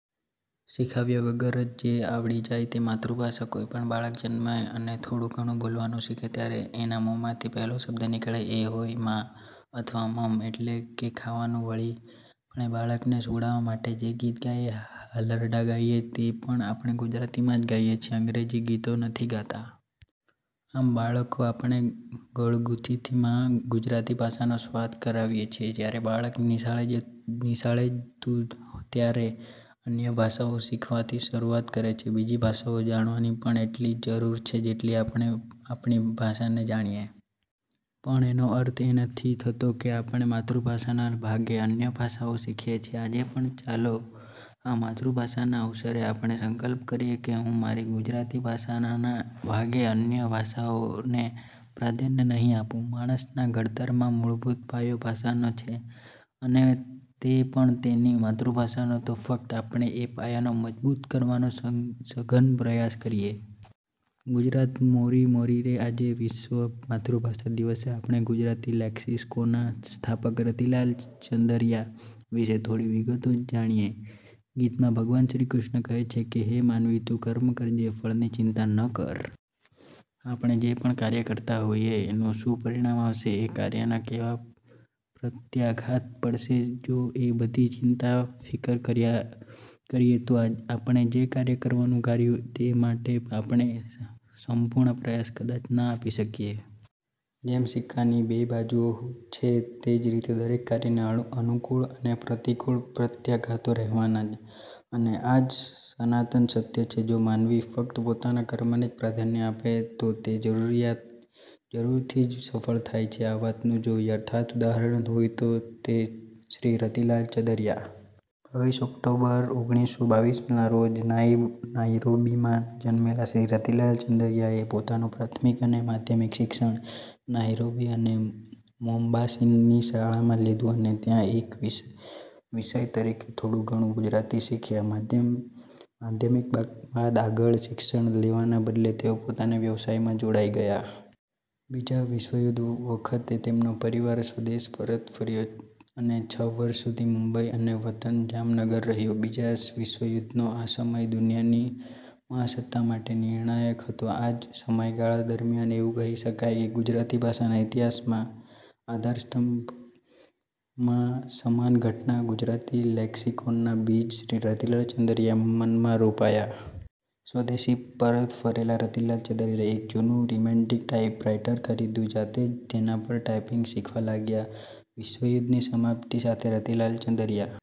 શીખવ્યા વગર જ જે આવડી જાય તે માતૃભાષા. કોઈપણ બાળક જન્મે અને થોડું ઘણું બોલવાનું શીખે ત્યારે એના મોંમાથી પહેલો શબ્દ નીકળે એ હોય છે મા અથવા મમ એટલે કે ખાવાનું. વળી આપણે બાળકને સૂવડાવવા માટે જે ગીત કે હાલરડાં ગાઈએ છીએ તે પણ આપણે ગુજરાતીમાં જ ગાઈએ છીએ અંગ્રેજી ગીતો નથી ગાતા. આમ બાળકને આપણે ગળથૂથીમાં ગુજરાતી ભાષાનો સ્વાદ કરાવીએ છીએ. જ્યારે બાળક નિશાળે જતું થાય ત્યારે તે અન્ય ભાષાઓ શીખવાની શરુઆત કરે છે. બીજી ભાષાઓ જાણવી પણ એટલી જ જરૂરી છે જેટલી આપણે આપણી ભાષાને જાણીએ. પણ એનો અર્થ એ નથી થતો કે આપણે માતૃભાષાના ભોગે અન્ય ભાષાઓ શીખીએ. આજે ચાલો આ માતૃભાષાના અવસરે આપણે સંકલ્પ કરીએ કે હું મારી ગુજરાતી ભાષાના ભોગે અન્ય ભાષાઓને પ્રાધાન્ય નહીં આપું. માણસના ઘડતરમાં મૂળભૂત પાયો ભાષાનો છે અને તે પણ તેની માતૃભાષાનો તો ફક્ત આપણે એ પાયાને મજબૂત કરવાનો સઘન પ્રયાસ કરીએ. ગુજરાતી મોરી મોરી રે.. આજે વિશ્વ માતૃભાષા દિવસે આપણે ગુજરાતી લેક્સિકોનના સ્થાપક રતિલાલ ચંદરયા વિશે થોડી વિગતો જાણીએ. ગીતામાં ભગવાનશ્રી કૃષ્ણ કહે છે કે, "હે માનવી તું કર્મ કરે જા, ફળની ચિંતા ના કર". આપણે જે પણ કાર્ય કરતાં હોઈએ એનું શું પરિણામ આવશે કે એ કાર્યના કેવા પ્રત્યાઘાત પડશે, જો એ બધી ચિંતા કે ફિકર કર્યા કરીએ તો, આપણે જે કાર્ય કરવા ધાર્યું છે તે માટે આપણે આપણો સંપૂર્ણ પ્રયાસ કદાચ ના આપી શકીએ. જેમ સિક્કાની બે બાજુ હોય છે તે જ રીતે દરેક કાર્યના અનુકૂળ અને પ્રતિકૂળ પ્રત્યાઘાતો રહેવાના જ અને આ જ સનાતન સત્ય છે. જો માનવી ફકત પોતાના કર્મને જ પ્રાધાન્ય આપે તો તે જરૂરથી જ સફળ થાય છે આ વાતનું જો યથાર્થ ઉદાહરણ હોય તો છે તે શ્રી રતિલાલ ચંદરયા. બાવીસ ઓક્ટોબર ઓગણીસો બાવીસ ના રોજ નાઈરોબીમાં જન્મેલા શ્રી રતિલાલ ચંદરયાએ પોતાનું પ્રાથમિક અને માધ્યમિક શિક્ષણ નાઈરોબી અને મોમ્બાસાની શાળામાં લીધું અને ત્યાં એક વિષય તરીકે થોડું ઘણું ગુજરાતી શીખ્યા. માધ્યમિક બાદ આગળ શિક્ષણ લેવાના બદલે તેઓ પિતાના વ્યવસાયમાં જોડાઈ ગયા. બીજા વિશ્વયુદ્ધ વખતે તેમનો પરિવાર સ્વદેશ પરત ફર્યો અને છ વર્ષ સુધી મુંબઈ અને વતન જામનગરમાં રહ્યો. બીજા વિશ્વયુદ્ધનો આ સમય દુનિયાની મહાસત્તાઓ માટે નિર્ણાયક હતો. આ જ સમય ગાળા દરમ્યાન એવું કહી શકાય કે ગુજરાતી ભાષાના ઇતિહાસમાં આધારસ્તંભ સમાન ઘટના ગુજરાતીલેક્સિકોનના બીજ શ્રી રતિલાલ ચંદરયાના મનમાં રોપાયા. સ્વદેશ પરત ફરેલા રતિલાલ ચંદરયાએ એક જૂનુ રેમિંગ્ટન ટાઇપરાઇટર ખરીદ્યું અને જાતે જ તેના પર ટાઇપીંગ શીખવા લાગ્યા. વિશ્વયુદ્ધની સમાપ્તિની સાથે રતિલાલ ચંદરયા